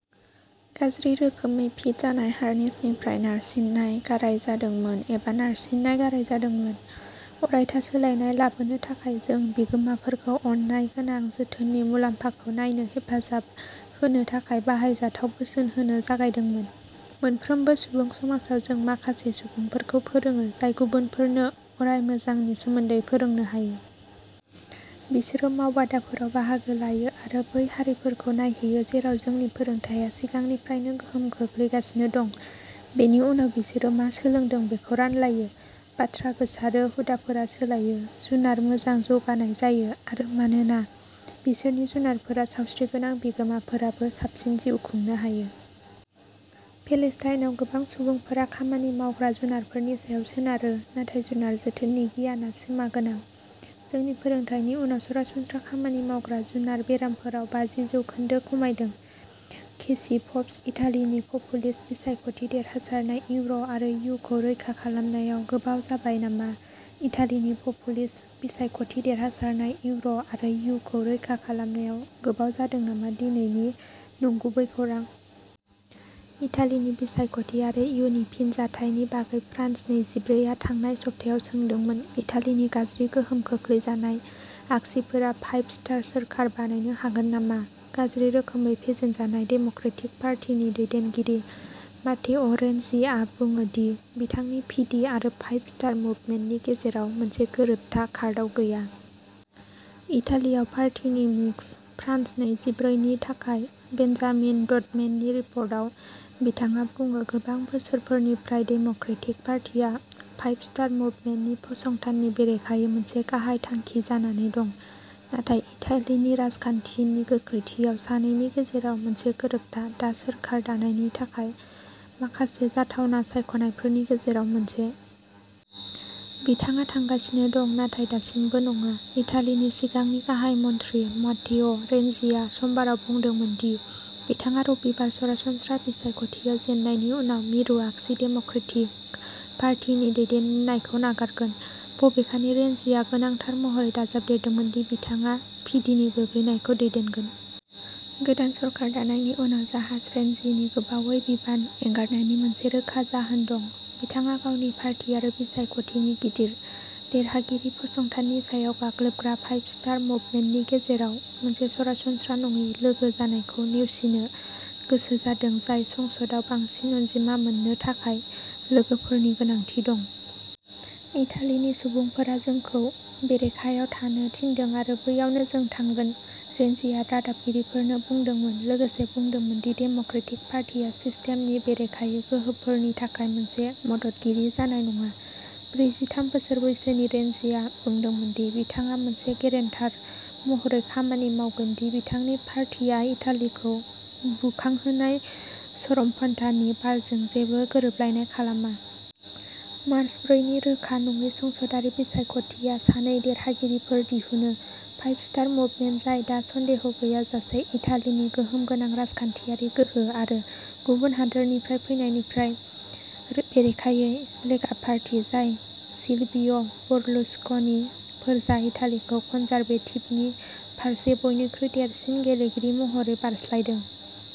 गाज्रि रोखोमै फिट जानाय हार्नेसनिफ्राय नारसिननाय गाराय जादोंमोन एबा नारसिननाय गाराय जादोंमोन। अरायथा सोलायनाय लाबोनो थाखाय जों बिगोमाफोरखौ अननाय गोनां जोथोननि मुलाम्फाखौ नायनो हेफाजाब होनो थाखाय बाहायजाथाव बोसोन होनो जागायदोंमोन। मोनफ्रोमबो सुबुं समाजाव जों माखासे सुबुंफोरखौ फोरोंङो जाय गुबुनफोरनो गराय मोजांनि सोमोन्दै फोरोंनो हायो। बिसोरो मावबादाफोराव बाहागो लायो आरो बै हारिफोरखौ नायहैयो जेराव जोंनि फोरोंथाया सिगांनिफ्रायनो गोहोम खोख्लैगासिनो दं। बेनि उनाव बिसोरो मा सोलोंदों बेखौ रानलायो। बाथ्रा गोसारो हुदाफोरा सोलायो। जुनार मोजांनि जौगानाय जायो आरो मानोना बिसोरनि जुनारफोरा सावस्रिगोनां बिगोमाफोराबो साबसिन जिउ खुंनो हायो। पेलेस्टाइनआव गोबां सुबुंफोरा खामानि मावग्रा जुनारफोरनि सायाव सोनारो नाथाय जुनार जोथोननि गियानआ सिमागोनां। जोंनि फोरोंथायनि उनाव सरासनस्रा खामानि मावग्रा जुनार बेरामफोराव बाजि जौखोन्दो खमायदों। केसि पप्स इटालिनि पपुलिस्ट बिसायख'थि देरहासारनाय इउर' आरो इयुखौ रैखा खालामनायाव गोबाव जाबाय नामा इटालिनि पपुलिस्ट बिसायख'थि देरहासारनाय इउर'आरो इयुखौ रैखा खालामनायाव गोबाव जादों नामा दिनैनि नंगुबै खौरां। इटालीनि बिसायख'थि आरो इयुनि फिनजाथायनि बागै फ्रान्स नैजिब्रै आ थांनाय सप्तायाव सोंदोंमोन इटालीनि गाज्रि गोहोम खोख्लैजानाय आगसिफोरा'फाइभ स्टार'सोरखार बानायनो हागोन नामा गाज्रि रोखोमै फेजेनजानाय डेम'क्रेटिक पार्टिनि दैदेनगिरि मात्तेअ रेनजीआ बुङो दि बिथांनि पिडि आरो फाइभ स्टार मुभमेन्टनि गेजेराव मोनसे गोरोबथा कार्डआव गैया। इटालीयाव पार्टिनि मिक्स। फ्रान्स नैजिब्रै नि थाखाय बेन्जामिन डडमेननि रिपर्टाव बिथाङा बुङो गोबां बोसोरफोरनिफ्राय डेम'क्रेटिक पार्टिआ फाइभ स्टार मुभमेन्टनि फसंथाननि बेरेखायै मोनसे गाहाय थांखि जानानै दं। नाथाय इटालीनि राजखान्थिनि गोख्रैथिआव सानैनि गेजेराव मोनसे गोरोबथा दा सोरखार दानायनि थाखाय माखासे जाथावना सायख'नायफोरनि गेजेराव मोनसे। बिथाङा थांगासिनो दं नाथाय दासिमबो नङा। इटालीनि सिगांनि गाहाय मन्थ्रि मात्तेअ रेनजीआ समबारआव बुंदोंमोन दि बिथाङा रबिबार सरासनस्रा बिसायख'थियाव जेननायनि उनाव मिरु आगसि डेम'क्रेटिक पार्टी नि दैदेननायखौ नागारगोन। बबेखानि रेनजीआ गोनांथार महरै दाजाबदेरदोंमोन दि बिथाङा पिडिनि गोग्लैनायखौ दैदेनगोन। गोदान सोरखार दानायनि उनाव जाहाज रेनजिनि गोबावै बिबान एंगारनायनि मोनसे रोखा जाहोन दं। बिथाङा गावनि पार्टी आरो बिसायख'थिनि गिदिर देरहागिरि फसंथाननि सायाव गाग्लोबग्रा फाइभ स्टार मुभमेन्टनि गेजेराव मोनसे सरासनस्रा नङि लोगो जानायखौ नेवसिनो गोसो जादों जाय संसदआव बांसिन अनजिमा मोननो थाखाय लोगोफोरनि गोनांथि दं। इटालिनि सुबुंफोरा जोंखौ बेरेखायाव थानो थिनदों आरो बैयावनो जों थांगोन रेनजिया रादाबगिरिफोरनो बुंदोंमोन लोगोसे बुंदोंमोन दि डेम'क्रेटिक पार्टीआ सिस्टेमनि बेरेखायै गोहोफोरनि थाखाय मोनसे मददगिरि जानाय नङा। ब्रैजिथाम बोसोर बैसोनि रेनजिया बुंदोंमोन दि बिथाङा मोनसे गेरेन्टार महरै खामानि मावगोन दि बिथांनि पार्टीया इटालिखौ बुखांहोनाय चरमपन्थानि बारजों जेबो गोरोबलायनाय खालामा। मार्च ब्रै नि रोखा नङै संसदारि बिसायख'थिया सानै देरहागिरिफोर दिहुनो फाइभ स्टार मुभमेन्ट जाय दा सन्देह गैयाजासे इटालिनि गोहोम गोनां राजखान्थियारि गोहो आरो गुबुन हादोरनिफ्राय फैनायफोरनि बेरेखायै लेगा पार्टी जाय सिलभिय बर्लुस्क'नि फोरजा इटालिखौ कन्जारभेटिभनि फारसे बयनिख्रुइ देरसिन गेलेगिरि महरै बारस्लायदों।